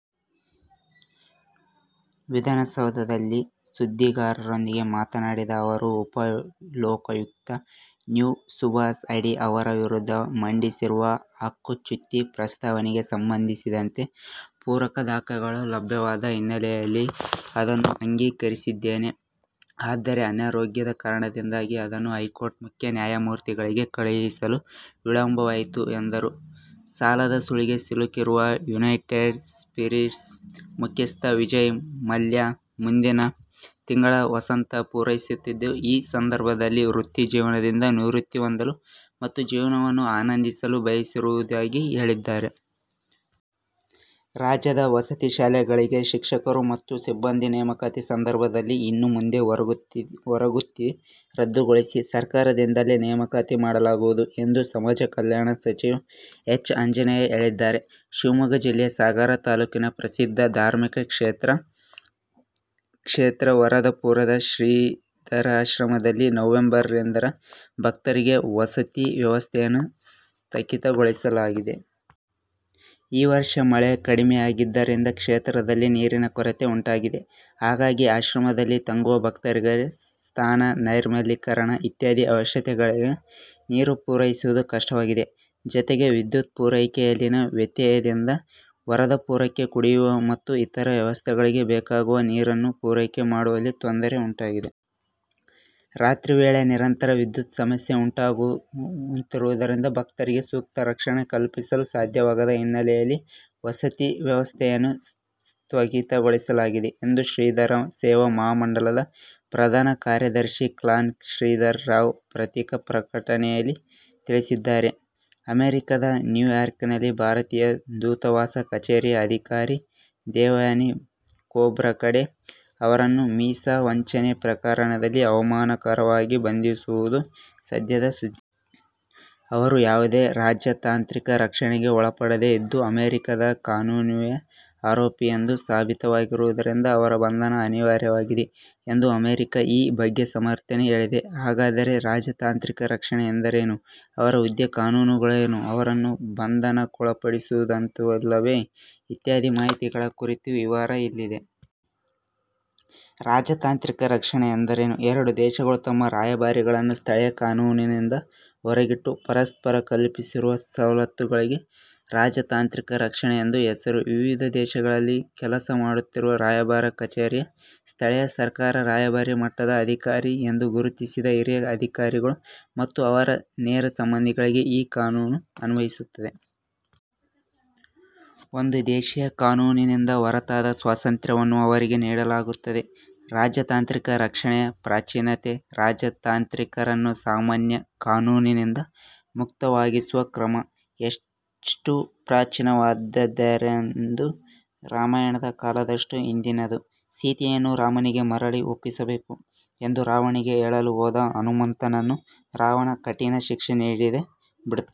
ವಿಧಾನಸೌಧದಲ್ಲಿ ಸುದ್ದಿಗಾರರೊಂದಿಗೆ ಮಾತನಾಡಿದ ಅವರು, ಉಪಲೋಕಾಯುಕ್ತ ನ್ಯಾ ಸುಭಾಷ್ ಅಡಿ ಅವರ ವಿರುದ್ಧ ಮಂಡಿಸಿರುವ ಹಕ್ಕುಚ್ಯುತಿ ಪ್ರಸ್ತಾವನೆಗೆ ಸಂಬಂಧಿಸಿದಂತೆ ಪೂರಕ ದಾಖಲೆಗಳು ಲಭ್ಯವಾದ ಹಿನ್ನೆಲೆಯಲ್ಲಿ ಅದನ್ನು ಅಂಗೀಕರಿಸಿದ್ದೇನೆ. ಆದರೆ, ಅನಾರೋಗ್ಯದ ಕಾರಣದಿಂದಾಗಿ ಅದನ್ನು ಹೈಕೋರ್ಟ್ ಮುಖ್ಯ ನ್ಯಾಯಮೂರ್ತಿಗಳಿಗೆ ಕಳುಹಿಸಲು ವಿಳಂಬವಾಯಿತು ಎಂದರು. ಸಾಲದ ಸುಳಿಗೆ ಸಿಲುಕಿರುವ ಯುನೈಟೆಡ್ ಸ್ಪಿರಿಟ್ಸ್ ಮುಖ್ಯಸ್ಥ ವಿಜಯ್ ಮಲ್ಯ ಮುಂದಿನ ತಿಂಗಳು ವಸಂತ ಪೂರೈಸುತ್ತಿದ್ದು, ಈ ಸಂದರ್ಭದಲ್ಲಿ ವೃತ್ತಿ ಜೀವನದಿಂದ ನಿವೃತ್ತಿ ಹೊಂದಲು ಮತ್ತು ಜೀವನವನ್ನು ಆನಂದಿಸಲು ಬಯಸಿರುವುದಾಗಿ ಹೇಳಿದ್ದಾರೆ. ರಾಜ್ಯದ ವಸತಿ ಶಾಲೆಗಳಿಗೆ ಶಿಕ್ಷಕರು ಮತ್ತು ಸಿಬ್ಬಂದಿ ನೇಮಕಾತಿ ಸಂದರ್ಭದಲ್ಲಿ ಇನ್ನು ಮುಂದೆ ಹೊರಗುತ್ತಿಗೆ ರದ್ದುಗೊಳಿಸಿ ಸರ್ಕಾರದಿಂದಲೇ ನೇಮಕಾತಿ ಮಾಡಲಾಗುವುದು ಎಂದು ಸಮಾಜ ಕಲ್ಯಾಣ ಸಚಿವ ಎಚ್. ಆಂಜನೇಯ ಹೇಳಿದ್ದಾರೆ. ಶಿವಮೊಗ್ಗ ಜಿಲ್ಲೆ ಸಾಗರ ತಾಲೂಕಿನ ಪ್ರಸಿದ್ಧ ಧಾರ್ಮಿಕ ಕ್ಷೇತ್ರ ವರದಪುರದ ಶ್ರೀಧರಾಶ್ರಮದಲ್ಲಿ ನವೆಂಬರ್ ರಿಂದ ಭಕ್ತರಿಗೆ ವಸತಿ ವ್ಯವಸ್ಥೆಯನ್ನು ಸ್ಥಗಿತಗೊಳಿಸಲಾಗಿದೆ. ಈ ವರ್ಷ ಮಳೆ ಕಡಿಮೆಯಾಗಿದ್ದರಿಂದ ಕ್ಷೇತ್ರದಲ್ಲಿ ನೀರಿನ ಕೊರತೆ ಉಂಟಾಗಿದೆ. ಹಾಗಾಗಿ, ಆಶ್ರಮದಲ್ಲಿ ತಂಗುವ ಭಕ್ತರಿಗೆ ಸ್ನಾನ, ನೈರ್ಮಲೀಕರಣ ಇತ್ಯಾದಿ ಅವಶ್ಯಕತೆಗಳಿಗೆ ನೀರು ಪೂರೈಸುವುದು ಕಷ್ಟವಾಗಿದೆ. ಜತೆಗೆ, ವಿದ್ಯುತ್ ಪೂರೈಕೆಯಲ್ಲಿನ ವ್ಯತ್ಯಯದಿಂದಾಗಿ ವರದಪುರಕ್ಕೆ ಕುಡಿಯುವ ಮತ್ತು ಇತರ ವ್ಯವಸ್ಥೆಗಳಿಗೆ ಬೇಕಾಗುವ ನೀರನ್ನು ಪೂರೈಕೆ ಮಾಡುವಲ್ಲಿ ತೊಂದರೆ ಉಂಟಾಗಿದೆ. ರಾತ್ರಿ ವೇಳೆ ನಿರಂತರ ವಿದ್ಯುತ್ ಸಮಸ್ಯೆ ಉಂಟಾಗುತ್ತಿರುವುದರಿಂದ ಭಕ್ತರಿಗೆ ಸೂಕ್ತ ರಕ್ಷಣೆ ಕಲ್ಪಿಸಲು ಸಾಧ್ಯವಾಗದ ಹಿನ್ನೆಲೆಯಲ್ಲಿ ವಸತಿ ವ್ಯವಸ್ಥೆಯನ್ನು ಸ್ಥಗಿತಗೊಳಿಸಲಾಗಿದೆ ಎಂದು ಶ್ರೀಧರ ಸೇವಾ ಮಹಾಮಂಡಲದ ಪ್ರಧಾನ ಕಾರ್ಯದರ್ಶಿ ಕಾನ್ಲ ಶ್ರೀಧರ ರಾವ್ ಪತ್ರಿಕಾ ಪ್ರಕಟಣೆಯಲ್ಲಿ ತಿಳಿಸಿದ್ದಾರೆ. ಅಮೆರಿಕದ ನ್ಯೂಯಾರ್ಕ್ನಲ್ಲಿನ ಭಾರತೀಯ ದೂತವಾಸ ಕಚೇರಿಯ ಅಧಿಕಾರಿ ದೇವಯಾನಿ ಖೋಬ್ರಗಡೆ ಅವರನ್ನು ವೀಸಾ ವಂಚನೆ ಪ್ರಕರಣದಲ್ಲಿ ಅವಮಾನಕರವಾಗಿ ಬಂಧಿಸುವುದು ಸದ್ಯದ ಸುದ್ದಿ. ಅವರು ಯಾವುದೇ ರಾಜತಾಂತ್ರಿಕ ರಕ್ಷಣೆಗೆ ಒಳಪಡದೇ ಇದ್ದು, ಅಮೆರಿಕದ ಕಾನೂನಿನ್ವಯ ಆರೋಪಿ ಎಂದು ಸಾಬೀತಾಗಿರುವುದರಿಂದ ಅವರ ಬಂಧನ ಅನಿವಾರ್ಯವಾಗಿದೆ ಎಂದು ಅಮೆರಿಕ ಈ ಬಗ್ಗೆ ಸಮರ್ಥನೆ ಹೇಳಿದೆ. ಹಾಗಾದರೆ ರಾಜತಾಂತ್ರಿಕ ರಕ್ಷಣೆ ಎಂದರೇನು? ಅವರ ಹುದ್ದೆ, ಕಾನೂನುಗಳೇನು? ಅವರನ್ನು ಬಂಧನಕ್ಕೊಳಪಡಿಸುವಂತಿಲ್ಲವೇ ಇತ್ಯಾದಿ ಮಾಹಿತಿಗಳ ಕುರಿತ ವಿವರ ಇಲ್ಲಿದೆ. ರಾಜತಾಂತ್ರಿಕ ರಕ್ಷಣೆ ಎಂದರೇನು? ಎರಡು ದೇಶಗಳು, ತಮ್ಮ ರಾಯಭಾರಿಗಳನ್ನು ಸ್ಥಳೀಯ ಕಾನೂನಿನಿಂದ ಹೊರಗಿಟ್ಟು, ಪರಸ್ಪರ ಕಲ್ಪಿಸಿರುವ ಸವಲತ್ತುಗಳಿಗೆ ರಾಜತಾಂತ್ರಿಕ ರಕ್ಷಣೆ ಎಂದು ಹೆಸರು. ವಿವಿಧ ದೇಶಗಳಲ್ಲಿ ಕೆಲಸ ಮಾಡುತ್ತಿರುವ ರಾಯಭಾರ ಕಚೇರಿಯ, ಸ್ಥಳೀಯ ಸರ್ಕಾರ ರಾಯಭಾರಿ ಮಟ್ಟದ ಅಧಿಕಾರಿ ಎಂದು ಗುರುತಿಸಿದ ಹಿರಿಯ ಅಧಿಕಾರಿಗಳು ಮತ್ತು ಅವರ ನೇರ ಸಂಬಂಧಿಗಳಿಗೆ ಈ ಕಾನೂನು ಅನ್ವಯಿಸುತ್ತದೆ. ಒಂದು ದೇಶೀಯ ಕಾನೂನಿಂದ ಹೊರತಾದ ಸ್ವಾತಂತ್ರ್ಯವನ್ನು ಅವರಿಗೆ ನೀಡಲಾಗುತ್ತದೆ. ರಾಜತಾಂತ್ರಿಕ ರಕ್ಷಣೆಯ ಪ್ರಾಚೀನತೆ ರಾಜತಾಂತ್ರಿಕರನ್ನು ಸಾಮಾನ್ಯ ಕಾನೂನಿನಿಂದ ಮುಕ್ತವಾಗಿರಿಸುವ ಕ್ರಮ ಎಷ್ಟು ಪ್ರಾಚೀನವಾದ್ದೆಂದ ಅದು ರಾಮಾಯಣದ ಕಾಲದಷ್ಟು ಹಿಂದಿನದು. ಸೀತೆಯನ್ನು ರಾಮನಿಗೆ ಮರಳಿ ಒಪ್ಪಿಸಬೇಕು ಎಂದು ರಾವಣನಿಗೆ ಹೇಳಲು ಹೋದ ಹನುಮಮಂತನನ್ನು ರಾವಣ ಕಠಿಣ ಶಿಕ್ಷೆ ನೀಡದೆ ಬಿಡುತ್ತಾನೆ.